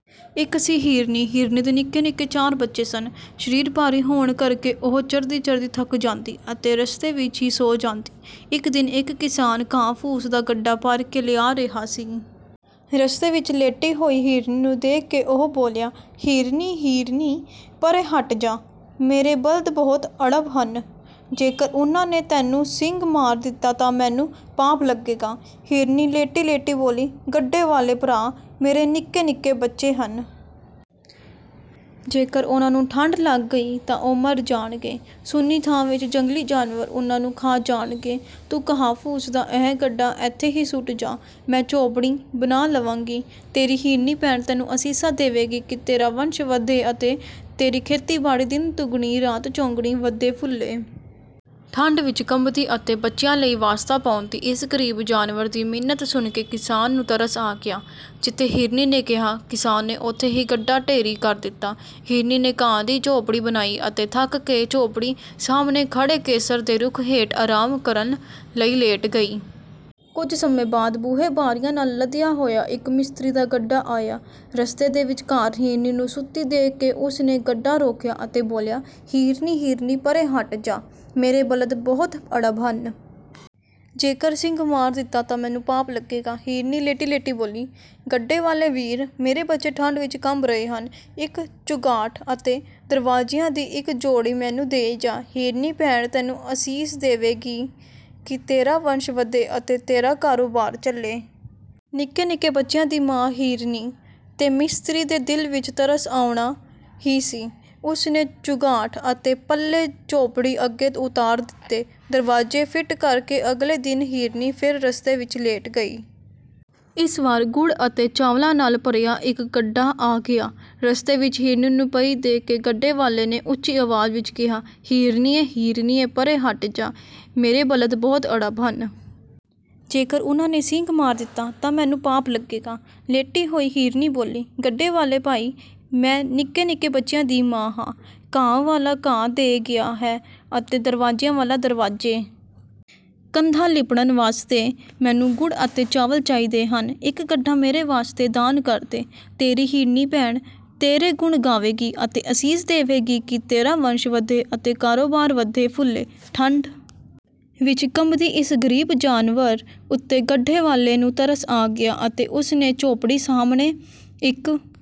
ਇੱਕ ਸੀ ਹਿਰਨੀ। ਹਿਰਨੀ ਦੇ ਨਿੱਕੇ-ਨਿੱਕੇ ਚਾਰ ਬੱਚੇ ਸਨ। ਸਰੀਰ ਭਾਰੀ ਹੋਣ ਕਰਕੇ ਉਹ ਚਰਦੀ-ਚਰਦੀ ਥੱਕ ਜਾਂਦੀ ਅਤੇ ਰਸਤੇ ਵਿੱਚ ਹੀ ਸੌਂ ਜਾਂਦੀ। ਇੱਕ ਦਿਨ ਇੱਕ ਕਿਸਾਨ ਘਾਹ-ਫੂਸ ਦਾ ਗੱਡਾ ਭਰ ਕੇ ਲਿਆ ਰਿਹਾ ਸੀ। ਰਸਤੇ ਵਿੱਚ ਲੇਟੀ ਹੋਈ ਹਿਰਨੀ ਨੂੰ ਦੇਖ ਕੇ ਉਹ ਬੋਲਿਆ, "ਹਿਰਨੀ, ਹਿਰਨੀ ਪਰ੍ਹੇ ਹਟ ਜਾ, ਮੇਰੇ ਬਲਦ ਬਹੁਤ ਅੜਬ ਹਨ। ਜੇਕਰ ਉਹਨਾਂ ਨੇ ਤੈਨੂੰ ਸਿੰਗ ਮਾਰ ਦਿੱਤਾ ਤਾਂ ਮੈਨੂੰ ਪਾਪ ਲੱਗੇਗਾ।" ਹਿਰਨੀ ਲੇਟੀ-ਲੇਟੀ ਬੋਲੀ, "ਗੱਡੇ ਵਾਲੇ ਭਰਾ, ਮੇਰੇ ਨਿੱਕੇ-ਨਿੱਕੇ ਬੱਚੇ ਹਨ। ਜੇਕਰ ਉਹਨਾਂ ਨੂੰ ਠੰਢ ਲੱਗ ਗਈ ਤਾਂ ਉਹ ਮਰ ਜਾਣਗੇ, ਸੁੰਨੀ ਥਾਂ ਵਿੱਚ ਜੰਗਲੀ ਜਾਨਵਰ ਉਹਨਾਂ ਨੂੰ ਖਾ ਜਾਣਗੇ। ਤੂੰ ਘਾਹ-ਫੂਸ ਦਾ ਇਹ ਗੱਡਾ ਇੱਥੇ ਹੀ ਸੁੱਟ ਜਾ, ਮੈਂ ਝੌਂਪੜੀ ਬਣਾ ਲਵਾਂਗੀ। ਤੇਰੀ ਹਿਰਨੀ ਭੈਣ ਤੈਨੂੰ ਅਸੀਸਾਂ ਦੇਵੇਗੀ ਕਿ ਤੇਰਾ ਵੰਸ਼ ਵਧੇ ਅਤੇ ਤੇਰੀ ਖੇਤੀਬਾੜੀ ਦਿਨ-ਦੁਗਣੀ ਰਾਤ-ਚੌਗੁਣੀ ਵਧੇ-ਫੁੱਲੇ।" ਠੰਢ ਵਿੱਚ ਕੰਬਦੀ ਅਤੇ ਬੱਚਿਆਂ ਲਈ ਵਾਸਤਾ ਪਾਉਂਦੀ ਇਸ ਗ਼ਰੀਬ ਜਾਨਵਰ ਦੀ ਮਿੰਨਤ ਸੁਣ ਕੇ ਕਿਸਾਨ ਨੂੰ ਤਰਸ ਆ ਗਿਆ। ਜਿੱਥੇ ਹਿਰਨੀ ਨੇ ਕਿਹਾ, ਕਿਸਾਨ ਨੇ ਉੱਥੇ ਹੀ ਗੱਡਾ ਢੇਰੀ ਕਰ ਦਿੱਤਾ। ਹਿਰਨੀ ਨੇ ਘਾਹ ਦੀ ਝੌਂਪੜੀ ਬਣਾਈ ਅਤੇ ਥੱਕ ਕੇ ਝੌਂਪੜੀ ਸਾਹਮਣੇ ਖੜ੍ਹੇ ਕੇਸਰ ਦੇ ਰੁੱਖ ਹੇਠ ਆਰਾਮ ਕਰਨ ਲਈ ਲੇਟ ਗਈ। ਕੁਝ ਸਮੇਂ ਬਾਅਦ ਬੂਹੇ-ਬਾਰੀਆਂ ਨਾਲ ਲੱਦਿਆ ਹੋਇਆ ਇੱਕ ਮਿਸਤਰੀ ਦਾ ਗੱਡਾ ਆਇਆ। ਰਸਤੇ ਦੇ ਵਿਚਕਾਰ ਹਿਰਨੀ ਨੂੰ ਸੁੱਤੀ ਦੇਖ ਕੇ ਉਸ ਨੇ ਗੱਡਾ ਰੋਕਿਆ ਅਤੇ ਬੋਲਿਆ, "ਹਿਰਨੀ, ਹਿਰਨੀ ਪਰ੍ਹੇ ਹਟ ਜਾ, ਮੇਰੇ ਬਲਦ ਬਹੁਤ ਅੜਬ ਹਨ। ਜੇਕਰ ਸਿੰਗ ਮਾਰ ਦਿੱਤਾ ਤਾਂ ਮੈਨੂੰ ਪਾਪ ਲੱਗੇਗਾ।" ਹਿਰਨੀ ਲੇਟੀ-ਲੇਟੀ ਬੋਲੀ, "ਗੱਡੇ ਵਾਲੇ ਵੀਰ, ਮੇਰੇ ਬੱਚੇ ਠੰਢ ਵਿੱਚ ਕੰਬ ਰਹੇ ਹਨ। ਇੱਕ ਚੁਗਾਠ ਅਤੇ ਦਰਵਾਜ਼ਿਆਂ ਦੀ ਇੱਕ ਜੋੜੀ ਮੈਨੂੰ ਦੇ ਜਾ। ਹਿਰਨੀ ਭੈਣ ਤੈਨੂੰ ਅਸੀਸ ਦੇਵੇਗੀ ਕਿ ਤੇਰਾ ਵੰਸ਼ ਵਧੇ ਅਤੇ ਤੇਰਾ ਕਾਰੋਬਾਰ ਚੱਲੇ।" ਨਿੱਕੇ-ਨਿੱਕੇ ਬੱਚਿਆਂ ਦੀ ਮਾਂ ਹਿਰਨੀ 'ਤੇ ਮਿਸਤਰੀ ਦੇ ਦਿਲ ਵਿੱਚ ਤਰਸ ਆਉਣਾ ਹੀ ਸੀ, ਉਸ ਨੇ ਚੁਗਾਠ ਅਤੇ ਪੱਲੇ ਝੌਂਪੜੀ ਅੱਗੇ ਉਤਾਰ ਦਿੱਤੇ। ਦਰਵਾਜ਼ੇ ਫਿੱਟ ਕਰਕੇ ਅਗਲੇ ਦਿਨ ਹਿਰਨੀ ਫਿਰ ਰਸਤੇ ਵਿੱਚ ਲੇਟ ਗਈ। ਇਸ ਵਾਰ ਗੁੜ ਅਤੇ ਚਾਵਲਾਂ ਨਾਲ ਭਰਿਆ ਇੱਕ ਗੱਡਾ ਆ ਗਿਆ। ਰਸਤੇ ਵਿੱਚ ਹਿਰਨੀ ਨੂੰ ਪਈ ਦੇਖ ਕੇ ਗੱਡੇ ਵਾਲੇ ਨੇ ਉੱਚੀ ਆਵਾਜ਼ ਵਿੱਚ ਕਿਹਾ, "ਹਿਰਨੀਏ, ਹਿਰਨੀਏ ਪਰ੍ਹੇ ਹਟ ਜਾ, ਮੇਰੇ ਬਲਦ ਬਹੁਤ ਅੜਬ ਹਨ। ਜੇਕਰ ਉਹਨਾਂ ਨੇ ਸਿੰਗ ਮਾਰ ਦਿੱਤਾ ਤਾਂ ਮੈਨੂੰ ਪਾਪ ਲੱਗੇਗਾ।" ਲੇਟੀ ਹੋਈ ਹਿਰਨੀ ਬੋਲੀ, "ਗੱਡੇ ਵਾਲੇ ਭਾਈ, ਮੈਂ ਨਿੱਕੇ-ਨਿੱਕੇ ਬੱਚਿਆਂ ਦੀ ਮਾਂ ਹਾਂ। ਘਾਹ ਵਾਲਾ ਘਾਹ ਦੇ ਗਿਆ ਹੈ ਅਤੇ ਦਰਵਾਜ਼ਿਆਂ ਵਾਲਾ ਦਰਵਾਜ਼ੇ। ਕੰਧਾਂ ਲਿੱਪਣ ਵਾਸਤੇ ਮੈਨੂੰ ਗੁੜ ਅਤੇ ਚਾਵਲ ਚਾਹੀਦੇ ਹਨ, ਇੱਕ ਗੱਡਾ ਮੇਰੇ ਵਾਸਤੇ ਦਾਨ ਕਰ ਦੇ। ਤੇਰੀ ਹਿਰਨੀ ਭੈਣ ਤੇਰੇ ਗੁਣ ਗਾਵੇਗੀ ਅਤੇ ਅਸੀਸ ਦੇਵੇਗੀ ਕਿ ਤੇਰਾ ਵੰਸ਼ ਵਧੇ ਅਤੇ ਕਾਰੋਬਾਰ ਵਧੇ-ਫੁੱਲੇ।" ਠੰਢ ਵਿੱਚ ਕੰਬਦੀ ਇਸ ਗ਼ਰੀਬ ਜਾਨਵਰ ਉੱਤੇ ਗੱਡੇ ਵਾਲੇ ਨੂੰ ਤਰਸ ਆ ਗਿਆ ਅਤੇ ਉਸ ਨੇ ਝੌਂਪੜੀ ਸਾਹਮਣੇ ਇੱਕ